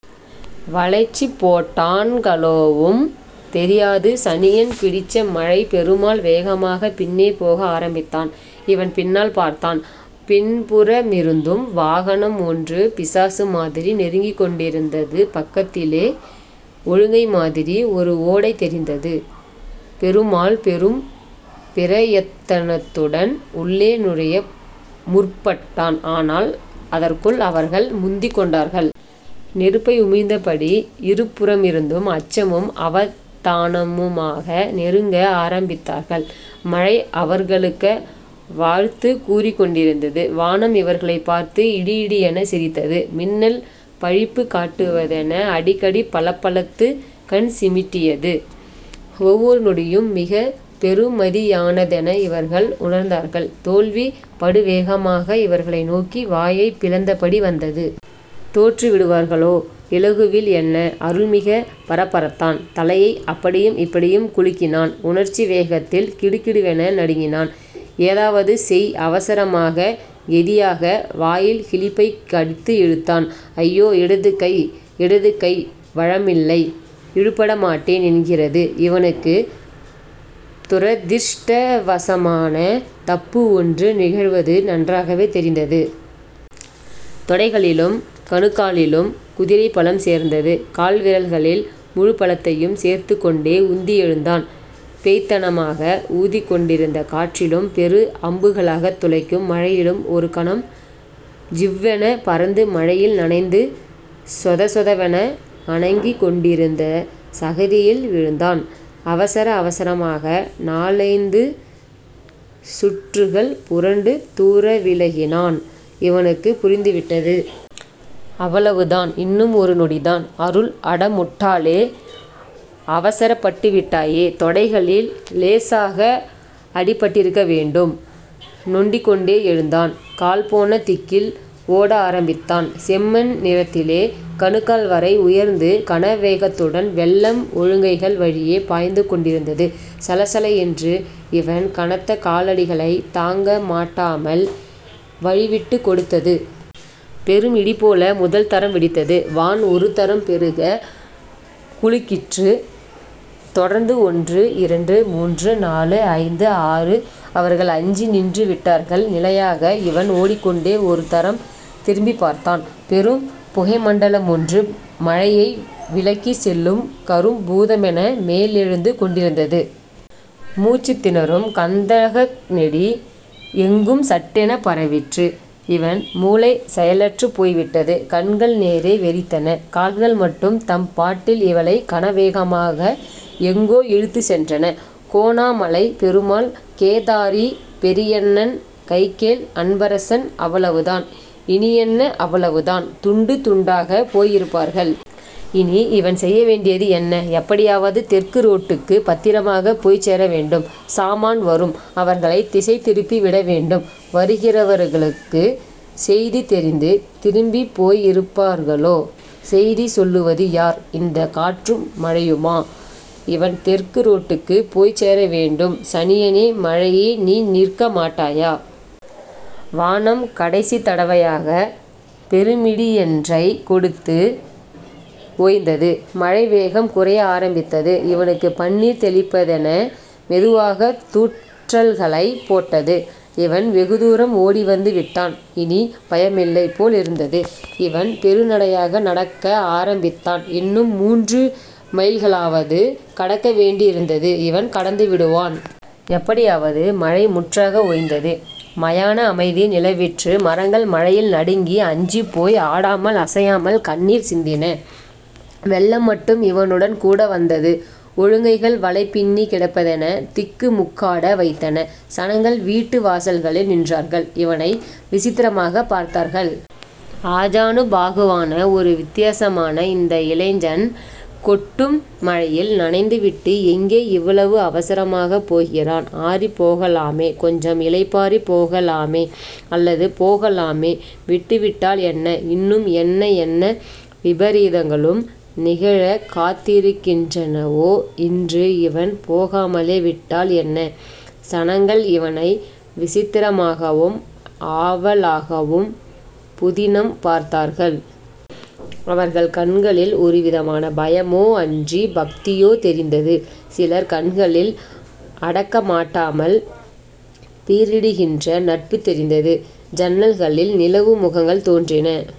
வளைச்சுப்போட்டான்களோவும் தெரியாது சனியன் பிடிச்ச மழை பெருமாள் வேகமாக பின்னே போக ஆரம்பித்தான். இவன் பின்னால் பார்த்தான். பின்புறமிருந்தும் வாகனம்ஒன்று பிசாசு மாதிரி நெருங்கிக்கொண்டிருந்தது பக்கத்திலே ஒழுங்கைமாதிரி ஒரு ஓடை தெரிந்தது. பெருமாள் பெரும் பிரயத்தனத்துடன் உள்ளே நுழைய முற்பட்டான். ஆனால் அதற்குள் அவர்கள் முந்திக்கொண்டார்கள். நெருப்பை உமிழ்ந்த படி இருபுறமிருந்தும் அச்சமும் அவதானமுமாக நெருங்க ஆரம்பித்தார்கள். மழை அவர்களுக்க வாழ்த்துச் கூறிக்கொண்டிருந்தது. வானம் இவர்களைப் பார்த்து இடிஇடியெனச் சிரித்தது. மின்னல் பழிப்புக் காட்டுவதென அடிக்கடி பளபளத்துக் கண்சிமிட்டியது. ஒவ்வொரு நொடியும் மிகப் பெறுமதியானதென இவர்கள் உணர்ந்தார்கள். தோல்வி படுவேகமாக இவர்களை நோக்கி வாயைப் பிளந்தபடி வந்தது. தோற்று விடுவார்களோ இலகுவில் என்ன?.... அருள் மிகப் பரபரத்தான்.... தலையை அப்படியும் இப்படியும் குலுக்கினான். உணர்ச்சி வேகத்தில் கிடுகிடுவென நடுங்கினான்.... ஏதாவது செய்... அவசரமாக... கெதியாக... வாயில் கிளிப்பைக் கடித்து இழுத்தான். ஐயோ! இடது கை... இடதுகை... வழமில்லை! இழுபட மாட்டேன் என்கிறது. இவனுக்கு துரதிர்ஷ்டவசமான தப்பு ஒன்று நிகழ்வது நன்றாகவே தெரிந்தது. தொடைகளிலும் கணுக்காலிலும் குதிரைபலம் சேர்ந்தது. கால்விரல்களில் முழுபலத்தையும் சேர்த்துக்கொண்டே உந்தி எழுந்தான். பேய்த்தனமாக ஊதிக்கொண்டிருந்த காற்றிலும் பெரு அம்புகளாகத் துளைக்கும் மழையிலும் ஒருகணம் ஜிவ்வெனப் பறந்து மழையில் நனைந்து சொசொதவென அனங்கிக்கொண்டிருந்த சகதியில் விழுந்தான். அவசர அவசரமாக நாலைந்து சுற்றுக்கள் புரண்டு தூரவிலகினான். இவனுக்கு புரிந்துவிட்டது.... அவ்வளவுதான்... இன்னும் ஒரு நொடிதான்... அருள் அடமுட்டாளே. அவசரப்பட்டுவிட்டாயே தொடைகளில் இலேசாக அடிபட்டிருக்க வேண்டும். நொண்டிக்கொண்டே எழுந்தான். கால்போன திக்கில் ஓட ஆரம்பித்தான். செம்மண் நிறத்திலே கணுக்கால்வரை உயர்ந்து கனவேகத்துடன் வெள்ளம் ஒழுங்கைகள் வழியே பாய்ந்துகொண்டிருந்தது. சளசள என்று இவன் கனத்த காலடிகளைத் தாங்கமாட்டாமல் வழிவிட்டுக் கொடுத்தது. பெரும் இடிபோல முதல் தரம் வெடித்தது. வான்ஒருதரம் பெருகக் குலுக்கிற்று. தொடர்ந்து ஒன்று... இரண்டு... மூன்று... நாலு... ஐந்து... ஆறு... அவர்கள் அஞ்சி நின்று விட்டார்கள் நிலையாக! இவன் ஒடிக்கொண்டே ஒருதரம் திரும்பிப்பார்த்தான். பெரும் புகைமண்டலமொன்று மழையை விலக்கிச் செல்லும் கரும் பூதமென மேலெழுந்து கொண்டிருந்தது. மூச்சுத் திணறும் கந்தகநெடி எங்கும் சட்டெனப் பரவிற்று. இவன் மூளை செயலற்றுப் போய்விட்டது. கண்கள் நேரே வெறித்தன. கால்கள் மட்டும் தம்பாட்டில் இவளை கனவேகமாக எங்கோ இழுத்துச்சென்றன. கோணாமலை. பெருமாள். கேதாரி... பெரியண்ணன் கைக்கேல்... அன்பரசன்.... அவ்வளவுதான். இனியென்ன?... அவ்வளவுதான்... துண்டு துண்டாகப் போயிருப்பார்கள். இனி? இவன் செய்யவேண்டியது என்ன? எப்படியாவது தெற்கு ரோட்டுக்கு பத்திரமாகப் போய்ச்சேர வேண்டும். சாமான் வரும். அவர்களைத் திசை திருப்பி விடவேண்டும். வருகிறவர்களுக்குச் செய்தி தெரிந்து திரும்பிப் போயிருப்பார்களோ?.... செய்தி சொல்லுவது யார்? இந்தக் காற்றும் மழையுமா? இவன் தெற்கு ரோட்டுக்குப் போய்ச்சேரவேண்டும் சனியனே மழையே நீ நிற்க மாட்டாயா.... வானம் கடைசித்தடவையாக பெருமிடியன்றைக் கொடுத்து ஓய்ந்தது. மழைவேகம் குறைய ஆரம்பித்தது இவனுக்கு பன்னீர் தெளிப்பதென மெதுவாக தூற்றல்களைப் போட்டது. இவன் வெகுதூரம் ஓடிவந்து விட்டான். இனிப் பயமில்லைப் போல் இருந்தது. இவன் பெருநடையாக நடக்க ஆரம்பித்தான். இன்னும் மூன்று மைல்களாவது கடக்க வேண்டியிருந்தது. இவன் கடந்துவிடுவான்... எப்படியாவது மழை முற்றாக ஓய்ந்தது. மயான அமைதி நிலவிற்று மரங்கள் மழையில் நடுங்கி அஞ்சிப்போய் ஆடாமல் அசையாமல் கண்ணீர் சிந்தின. வெள்ளம் மட்டும் இவனுடன் கூட வந்தது. ஒழுங்கைகள் வலை பின்னிக் கிடப்பதென திக்குமுக்காட வைத்தன. சனங்கள் வீட்டு வாசல்களில் நின்றார்கள். இவனை விசித்திரமாகப் பார்த்தார்கள். ஆஜானுபாகுவான ஒரு வித்தியாசமான இந்த இளைஞன் கொட்டும் மழையில் நனைந்து விட்டு எங்கே இவ்வளவு அவசரமாகப் போகிறான் ஆறிப்போகலாமே, கொஞ்சம் இளைப்பாறிப் போகலாமே... அல்லது போகலாமே விட்டுவிட்டால் என்ன.... இன்னும் என்ன என்ன விபரீதங்களும் நிகழக் காத்திருக்கின்றனவோ இன்று இவன் போகாமலே விட்டால் என்ன? சனங்கள் இவனை விசித்திரமாகவும், ஆவலாகவும் புதினம் பார்த்தார்கள். அவர்கள் கண்களில் ஒருவிதமான பயமோ.... அன்றிப் பக்தியோ.... தெரிந்தது. சிலர் கண்களில் அடக்கமாட்டாமல் பீரிடுகின்ற நட்பு தெரிந்தது. ஜன்னல்களில் நிலவு முகங்கள் தோன்றின.